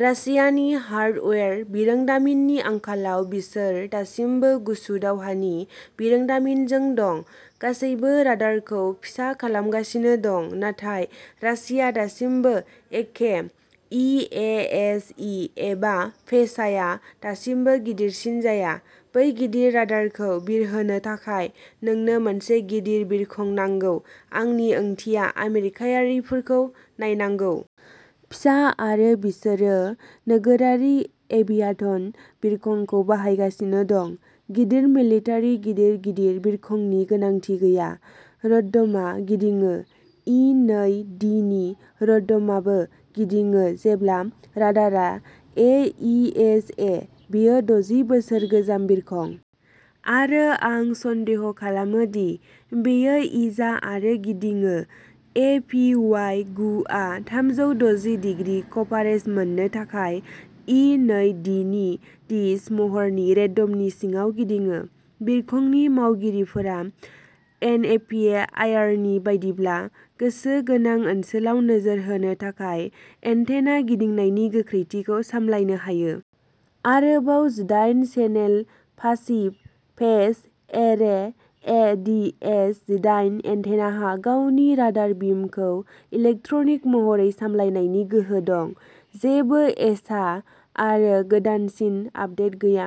रासियानि हार्डवेर, बिरोंदामिननि आंखालाव बिसोर दासिमबो गुसु दावहानि बिरोंदामिनजों दं। गासैबो राडारखौ फिसा खालामगासिनो दं नाथाय रासिया दासिमबो एखे, इ ए एस इ एबा पेसाया दासिमबो गिदिरसिन जाया। बै गिदिर राडारखौ बिरहोनो थाखाय नोंनो मोनसे गिदिर बिरखं नांगौ, आंनि ओंथिया आमेरिकायारिफोरखौ नायनांगौ। फिसा आरो बिसोरो नोगोरारि एभियाटन बिरखंखौ बाहायगासिनो दं। गिदिर मिलिटारि गिलिर गिदिर बिरखंनि गोनांथि गैया। र'ट'ड'मआ गिदिङो। इ नै डिनि रटडमाबो गिदिङो जेब्ला राडारआ ए इ एस ए। बेयो दजि बोसोर गोजाम बिरखं। आरो आं सन्देह खालामो दि बेयो इजा आरो गिदिङो। ए पि वाइ गु आ थामजौ दजि दिग्रि कभारेज मोननो थाखाय इ नै डिनि डिश महरनि रेड'मनि सिङाव गिदिङो, बिरखंनि मावगिरिफोरा एनएभिएआइआरनि बायदिब्ला गोसो गोनां ओनसोलाव नोजोर होनो थाखाय एन्टेना गिदिंनायनि गोख्रैथिखौ सामलायनो हायो। आरोबाव, जिदाइन channel passive phase array A D S जिदाइन एन्टेनाहा गावनि राडार बिमखौ इलेक्ट्रनिक महरै सालायनायनि गोहो दं। जेबो एसा आरो गोदानसिन आपदेट गैया।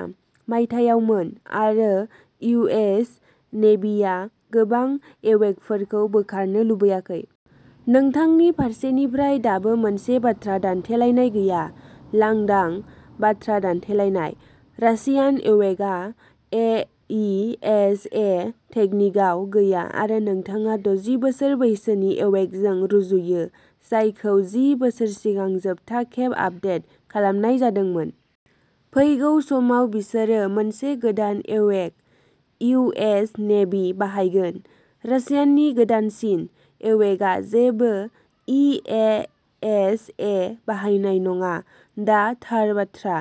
मायथाइयावमोन, आरो इउएस नेभिआ गोबां एवेकफोरखौ बोखारनो लुबैयाखै। नोंथांनि फारसेनिफ्राय दाबो मोनसे बाथ्रा दान्थेलायनाय गैया, लांदां बाथ्रा दान्थेलायनाय। रासियान एवेकआ ए इ एस ए टेकनिकआव गैया आरो नोंथाङा दजि बोसोर बैसोनि एवेकजों रुजुयो, जायखौ जि बोसोर सिगां जोबथा खेब आपदेट खालामनाय जादोंमोन। फैगौ समाव बिसोरो मोनसे गोदान एवेक इउ एस नेभि बाहायगोन। रासियानि गोदानसिन एवेकआ जेबो इ ए एस ए बाहायनाय नङा, दा थार बाथ्रा।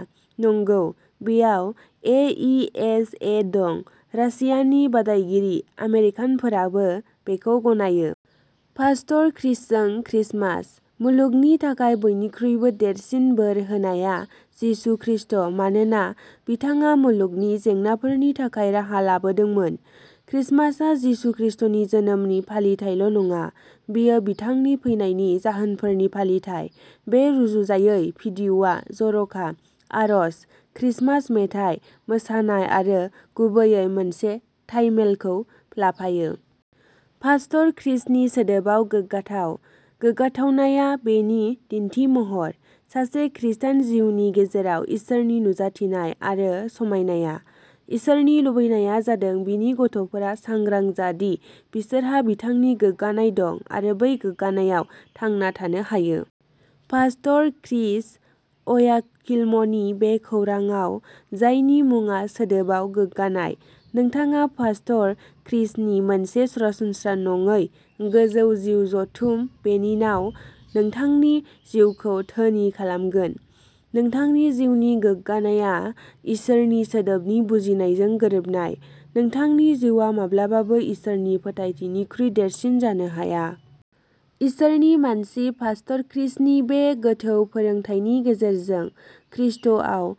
नंगौ, बेयाव ए इ एस ए दं। रासियानि बादायगिरि आमेरिकानफोराबो बेखौ गनायो। पास्टर क्रिसजों क्रिसमास। मुलुगनि थाखाय बयनिख्रुइबो देरसिन बोर होनायआ जिसु क्रिस्ट मानोना बिथाङा मुलुगनि जेंनाफोरनि थाखाय राहा लाबोदोंमोन। क्रिसमासआ जिसु क्रिस्टनि जोनोमनि फालिथायल'नङा बेयो बिथांनि फैनायनि जाहोनफोरनि फालिथाय। बे रुजुजायै भिडिय'आ जर'खा आरज, क्रिसमास मेथाइ, मोसानाय आरो गुबैयै मोनसे टाइमेलखौ लाफायो। पास्टर क्रिसनि सोदोबआव गोग्गाथाव। गोग्गाथावनाया बेनि दिन्थिमहर। सासे ख्रिस्टान जिउनि गेजेराव इसोरनि नुजाथिनाय आरो समायनाया। इसोरनि लुबैनाया जादों बिनि गथ'फोरा सांग्रां जा दि बिसोरहा बिथांनि गोग्गानाय दं आरो बै गोग्गानायआव थांना थानो हायो। पास्टर क्रिस अयाखिल'मनि बे खौरांआव जायनि मुङा सोदोबआव गोग्गानाय, नोंथाङा पास्टर क्रिसनि मोनसे सरासनस्रा नङै गोजौ जिउ जथुम बेनिनाव नोंथांनि जिउखौ धोनि खालामगोन। नोंथांनि जिउनि गोग्गानायआ इसोरनि सोदोबनि बुजिनायजों गोरोबनाय। नोंथांनि जिउआ माब्लाबाबो इसोरनि फोरमायथिनिख्रुइ देरसिन जानो हाया। इसोरनि मानसि पास्टर क्रिसनि बे गोथौ फोरोंथायनि गेजेरजों ख्रिस्ट’आव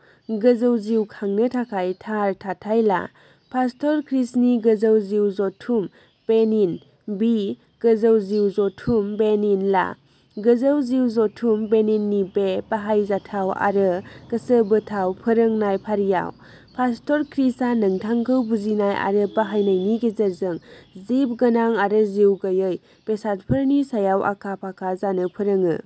गोजौ जिउ खांनो थाखाय थार थाथाय ला। पास्टर क्रिसनि गोजौ जिउ जथुम बेनिन बि गोजौ जिउ जथुम बेनिन ला। गोजौ जिउ जथुम बेनिननि बे बाहायजाथाव आरो गोसोबोथाव फोरोंनाय फारिआव, पास्टर क्रिसआ नोंथांखौ बुजिनाय आरो बाहायनायनि गेजेरजों जिबगोनां आरो जिउगैयै बेसादफोरनि सायाव आखा-फाखा जानो फोरोङो।